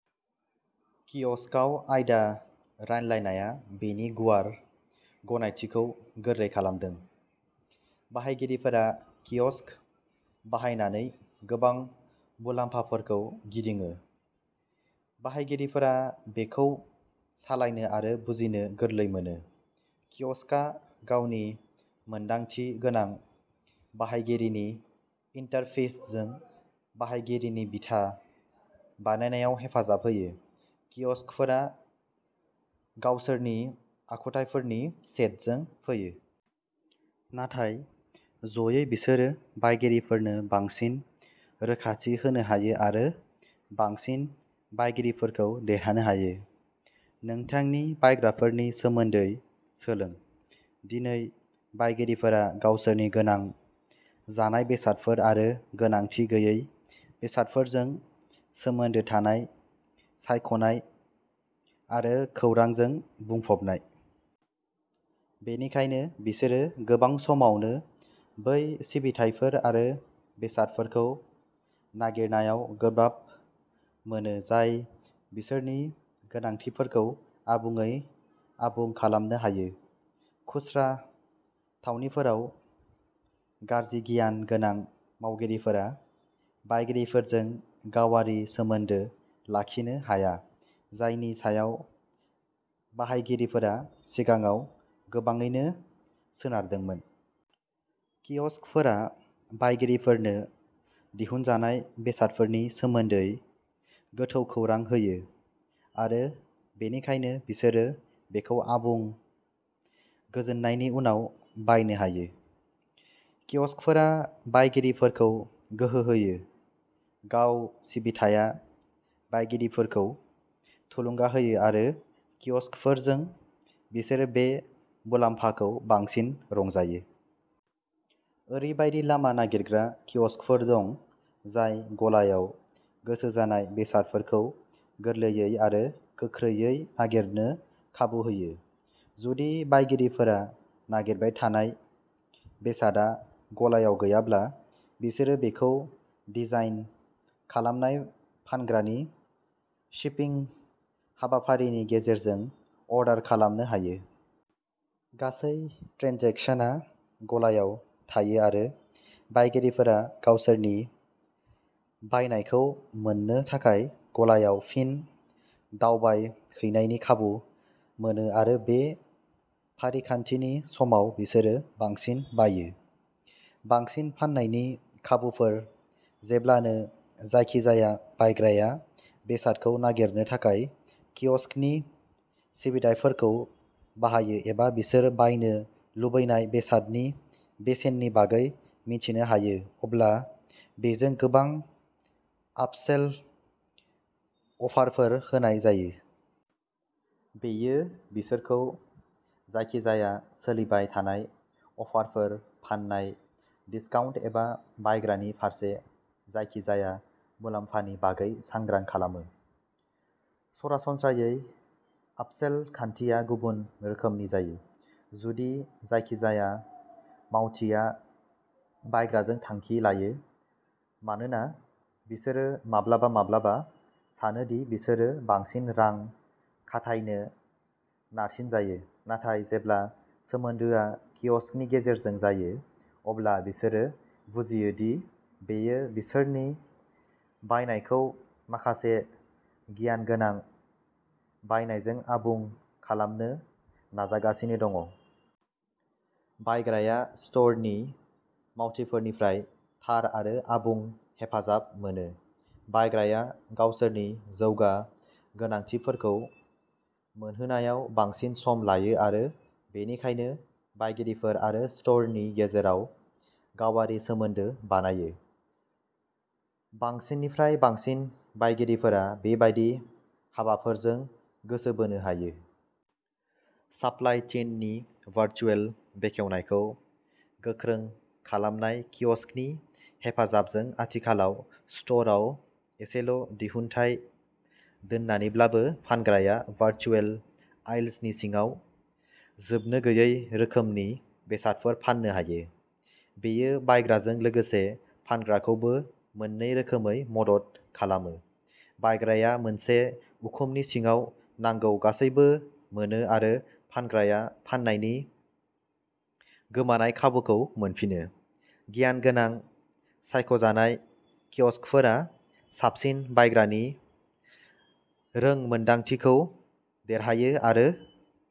कियसकआव आयदा रानलायनाया बेनि गुवार गनायथिखौ गोरलै खालामदों। बाहायगिरिफोरा कियसक बाहायनानै गोबां मुलाम्फाफोरखौ गिदिङो। बाहायगिरिफोरा बेखौ सालायनो आरो बुजिनो गोरलै मोनो। कियसकआ गावनि मोनदांथि गोनां बाहायगिरिनि इनटारफेसजों बाहायगिरिनि बिथा बानायनायाव हेफाजाब होयो। कियसकफोरा गावसोरनि आखुथायफोरनि सेटजों फैयो। नाथाय जयै बिसोरो बायगिरिफोरनो बांसिन रोखाथि होनो हायो आरो बांसिन बायगिरिफोरखौ देरहानो हायो। नोंथांनि बायग्राफोरनि सोमोन्दै सोलों। दिनै बायगिरिफोरा गावसोरनि गोनां जानाय बेसादफोर आरो गोनांथि गैयै बेसादफोरजों सोमोन्दो थानाय सायख'नाय आरो खौरांजों बुंफबनाय। बेनिखायनो बिसोरो गोबां समावनो बै सिबिथायफोर आरो बेसादफोरखौ नागिरनायाव गोब्राब मोनो जाय बिसोरनि गोनांथिफोरखौ आबुङै आबुं खालामनो हायो। खुस्रा थावनिफोराव गारजि गियान गोनां मावगिरिफोरा बायगिरिफोरजों गावारि सोमोन्दो लाखिनो हाया, जायनि सायाव बाहायगिरिफोरा सिगाङाव गोबाङैनो सोनारदोंमोन। कियसकफोरा बायगिरिफोरनो दिहुनजानाय बेसादफोरनि सोमोन्दै गोथौ खौरां होयो। आरो बेनिखायनो बिसोरो बेखौ आबुं गोजोननायनि उनाव बायनो हायो। कियसकफोरा बायगिरिफोरखौ गोहो होयो। गाव सिबिथाया बायगिरिफोरखौ थुलुंगा होयो आरो कियसकफोरजों बिसोर बे मुलाम्फाखौ बांसिन रंजायो। ओरैबायदि लामा नागिरग्रा कियसकफोर दं जाय गलायाव गोसो जानाय बेसादफोरखौ गोरलैयै आरो गोख्रैयै नागिरनो खाबु होयो। जुदि बायगिरिफोरा नागिरबाय थानाय बेसादआ गलायाव गैयाब्ला, बिसोरो बेखौ डिजाइन खालामनाय फानग्रानि शिपिं हाबाफारिनि गेजेरजों अरडार खालामनो हायो। गासै ट्रेनजेकसनआ गलायाव थायो आरो बायगिरिफोरा गावसोरनि बायनायखौ मोननो थाखाय गलायाव फिन दावबायहैनायनि खाबु मोनो आरो बे फारिखान्थिनि समाव बिसोरो बांसिन बाययो। बांसिन फाननायनि खाबुफोर जेब्लानो जायखिजाया बायग्राया बेसादखौ नागिरनो थाखाय कियसकनि सिबिथाइफोरखौ बाहायो एबा बिसोर बायनो लुबैनाय बेसादनि बेसेननि बागै मिथिनो हायो अब्ला बेजों गोबां आपसेल अफारफोर होनाय जायो। बेयो बिसोरखौ जायखिजाया सोलिबाय थानाय अफारफोर, फान्नाय, दिसकाउन्ट एबा बायग्रानि फारसे जायखिजाया मुलाम्फानि बागै सांग्रां खालामो। सरासनस्रायै आपसेल खान्थिया गुबुन रोखोमनि जायो, जुदि जायखिजाया मावथिआ बायग्राजों थांखि लायो, मानोना बिसोर माब्लाबा-माब्लाबा सानो दि बिसोरो बांसिन रां खाथायनो नारसिनजायो, नाथाय जेब्ला सोमोन्दोआ कियसकनि गेजेरजों जायो, अब्ला बिसोरो बुजियो दि बेयो बिसोरनि बायनायखौ माखासे गियान गोनां बायनायजों आबुं खालामनो नाजागासिनो दं। बायग्राया स्ट'रनि मावथिफोरनिफ्राय थार आरो आबुं हेफाजाब मोनो। बायग्राया गावसोरनि जौगा गोनांथिफोरखौ मोनहोनायाव बांसिन सम लायो आरो बेनिखायनो बायगिरिफोर आरो स्ट'रनि गेजेराव गावारि सोमोन्दो बानायो। बांसिननिफ्राय बांसिन बायगिरिफोरा बेबादि हाबाफोरजों गोसो बोनो हायो। सापलाइ चेननि भारचुएल बेखेवनायखौ गोख्रों खालामनाय कियसकनि हेफाजाबजों आथिखालाव स्ट'रआव एसेल' दिहुनथाय दोननानैब्लाबो फानग्राया भारचुएल आयल्सनि सिङाव जोबनोगैयै रोखोमनि बेसादफोर फाननो हायो। बेयो बायग्राजों लोगोसे फानग्राखौबो मोननै रोखोमै मदद खालामो। बायग्राया मोनसे उखुमनि सिङाव नांगौ गासैबो मोनो आरो फानग्राया फाननायनि गोमानाय खाबुखौ मोनफिनो। गियान गोनां सायख'जानाय कियसकफोरा साबसिन बायग्रानि रोंमोनदांथिखौ देरहायो आरो